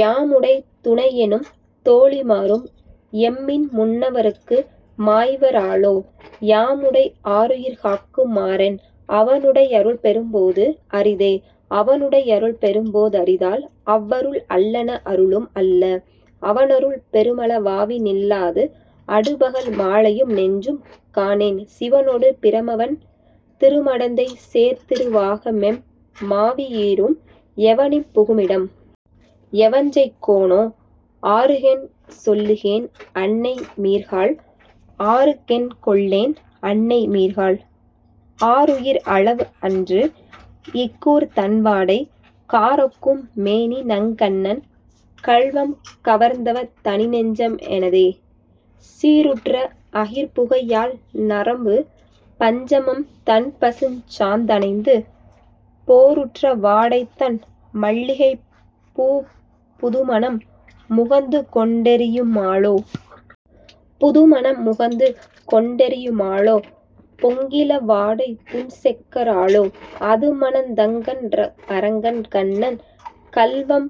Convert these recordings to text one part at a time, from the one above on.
யாமுடை துணையென்னும் தோழி மாரும் எம்மின்முன் னவனுக்கு மாய்வ ராலோ, யாமுடை ஆருயிர் காக்கு மாறென்? அவனுடை யருள்பெ றும்போது அரிதே.. அவனுடை யருள்பெ றும்போ தரிதால் அவ்வருள் அல்லன அருளும் அல்ல, அவனருள் பெறுமள வாவி நில்லாது அடுபகல் மாலையும் நெஞ்சும் காணேன் சிவனொடு பிரமன்வண் திரும டந்தை சேர்திரு வாகமெம் மாவி யீரும், எவனினிப் புகுமிடம்? எவஞ்செய் கேனோ? ஆருக்கென் சொல்லுகேன் அன்னை மீர்காள்.. ஆருக்கென் சொல்லுகேன் அன்னை மீர்காள். ஆருயிர் அளவு அன்று இக்கூர்தண் வாடை, காரொக்கும் மேனிநங் கண்ணன் கள்வம் கவர்ந்தவத் தனிநெஞ்சம் ணஃதே, சீருற்ற அகிற்புகை யாழ்ந ரம்பு பஞ்சமம் தண்பசுஞ் சாந்த ணைந்து, போருற்ற வாடைதண் மல்லி பூப் புதுமணம் முகந்துகொண் டெறியு மாலோ.. புதுமணம் முகந்துகொண் டெறியு மாலோ. பொங்கிள வாடைபுன் செக்க ராலோ, அதுமணந் தகன்றநங் கண்ணன் கள்வம்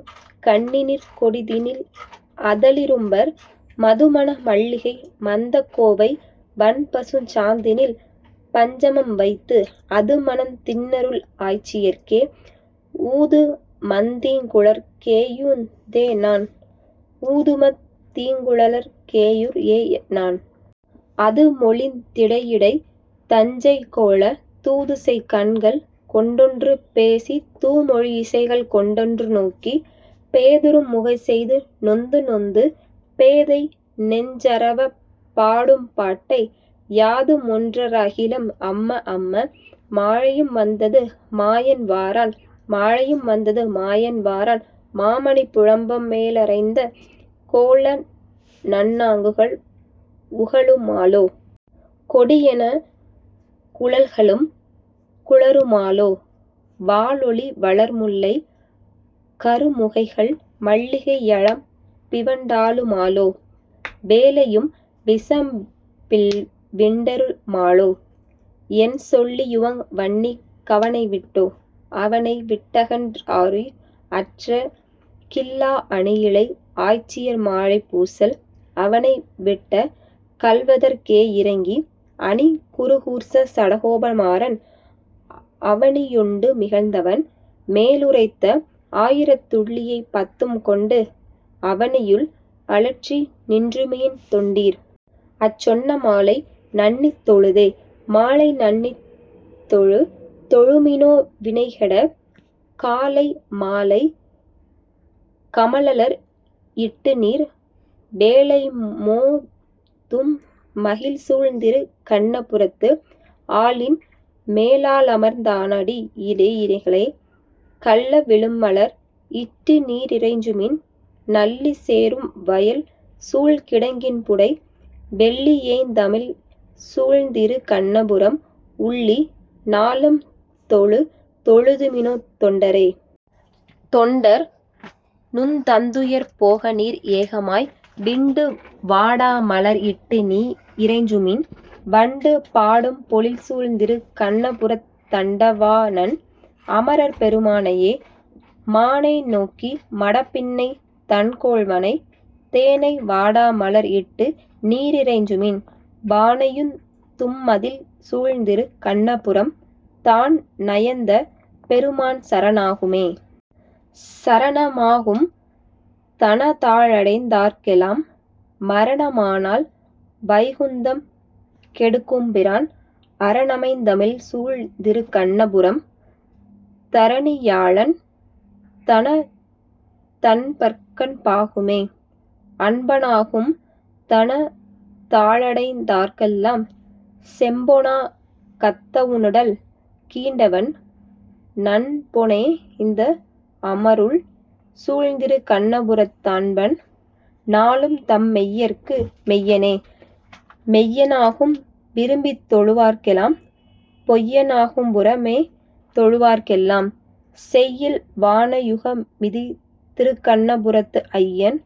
கண்ணினிற் கொடிதினி அதனி லும்பர், மதுமன மல்லிகை மந்தக் கோவை வண்பசுஞ் சாந்தினில் பஞ்ச மம்வைத்து, அதுமணந் தின்னருள் ஆய்ச்சி யர்க்கே ஊதுமத் தீங்குழற் கேயுய் யேன்நான்.. ஊதுமத் தீங்குழற் கேயுய் யேன்நான். அதுமொழிந் திடையிடைத் தஞ்செய் கோலத், தூதுசெய் கண்கள்கொண் டொன்று பேசித் தூமொழி யிசைகள்கொண் டொன்று நோக்கி, பேதுறும் முகம்செய்து நொந்து நொந்து பேதைநெஞ் சறவறப் பாடும் பாட்டை, யாதுமொன் றறிகிலம் அம்ம அம்ம. மாலையும் வந்தது மாயன் வாரான்.. மாலையும் வந்தது மாயன் வாரான் மாமணி புலம்பல் லேற ணைந்த, கோலநன் னாகுகள் உகளு மாலோ. கொடியென குழல்களும் குழறுமாலோ, வாலொளி வளர்முல்லை கருமு கைகள் மல்லிகை யலம்பிவண் டாலு மாலோ, வேலையும் விசம்பில்விண் டலறு மாலோ. என்சொல்லி யுய்வனிங் கவனை விட்டே? அவனைவிட் டகன்றுயிர் ஆற்ற கில்லா அணியிழை ஆய்ச்சியர் மாலைப் பூசல், அவனைவிட் டகல்வதற் கேயி ரங்கி அணிகுரு கூர்ச்சட கோபன் மாறன், அவனியுண் டுமிழ்ந்தவன் மேலு ரைத்த ஆயிரத் துள்ளிவை பத்தும் கொண்டு, அவனியுள் அலற்றிநின் றுய்ம்மின் தொண்டீர். அச்சொன்ன மாலை நண்ணித் தொழுதே. மாலைநண் ணித்தொழு தெழுமினோ வினைகெட, காலைமா லைகம லமலர் இட்டுநீர், வேலைமோ தும்மதிள் சூழ்திருக் கண்ணபுரத்து, ஆலின்மே லாலமர்ந் தானடி யிணைகளே.. கள்ளவி ழும்மலர் இட்டுநீ ரிறைஞ்சுமின், நள்ளிசே ரும்வயல் சூழ்கிடங் கின்புடை, வெள்ளீயேய்ந் தமதிள் சூழ்திருக் கண்ணபுரம் உள்ளி, நா ளும்தொழு தெழுமினோ தொண்டரே.. தொண்டர். நுந் தந்துயர் போகநீர் ஏகமாய், விண்டுவா டாமலர் இட்டுநீ ரிறைஞ்சுமின், வண்டுபா டும்பொழில் சூழ்திருக் கண்புரத் தண்டவா ணன், அம ரர்பெரு மானையே.. மானைநோக் கிமடப் பின்னைதன் கோள்வனை, தேனைவா டாமலர் இட்டுநீ ரிறைஞ்சுமின், வானையுந் தும்மதிள் சூழ்திருக் கண்ணபுரம், தான் நயந் தபெரு மான் சர ணாகுமே.. சரணமா கும்தன தாளடைந் தார்க்கெலாம், மரணமா னால்வைகுந் தம்கொடுக் கும்பிரான், அரணமைந் தமதிள் சூழ்திருக் கண்ணபுரம், தரணியா ளன், தன தன்பர்க்கன் பாகுமே.. அன்பனா கும்தன தாளடைந் தார்க்கெலாம், செம்பொனா கத்தவு ணனுடல் கீண்டவன், நன்பொனேய்ந் தமதிள் சூழ்திருக் கண்ணபுரத் தன்பன், நா ளும்தன் மெய்யர்க்கு மெய்யனே.. மெய்யனா கும்விரும் பித்தொழு வார்க்கெலாம், பொய்யனா கும்புற மேதொழு வார்க்கெலாம், செய்யில்வா ளையுக ளும்திருக் கண்ணபுரத்து ஐயன்,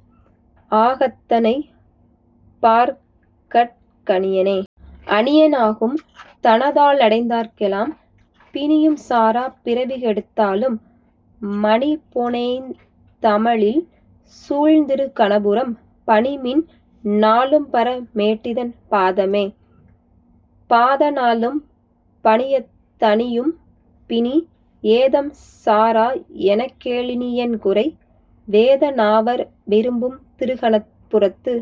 ஆ கத்தணைப் பார்கட் கணியனே.. அணியனா கும்தன தாளடைந் தார்க்கெலாம், பிணியும் சாரா பிறவி கெடுத்தாளும், மணிபொனேய்ந் தமதிள் சூழ்திருக் கணபுரம் பணிமின், நா ளும்பர மேட்டிதன் பாதமே.. பாதநா ளும்பணி யத்தணி யும்பிணி, ஏதம்சா ராஎனக் கேலினி யென்குறை?, வேதநா வர்விரும் பும்திருக் கணபுரத்து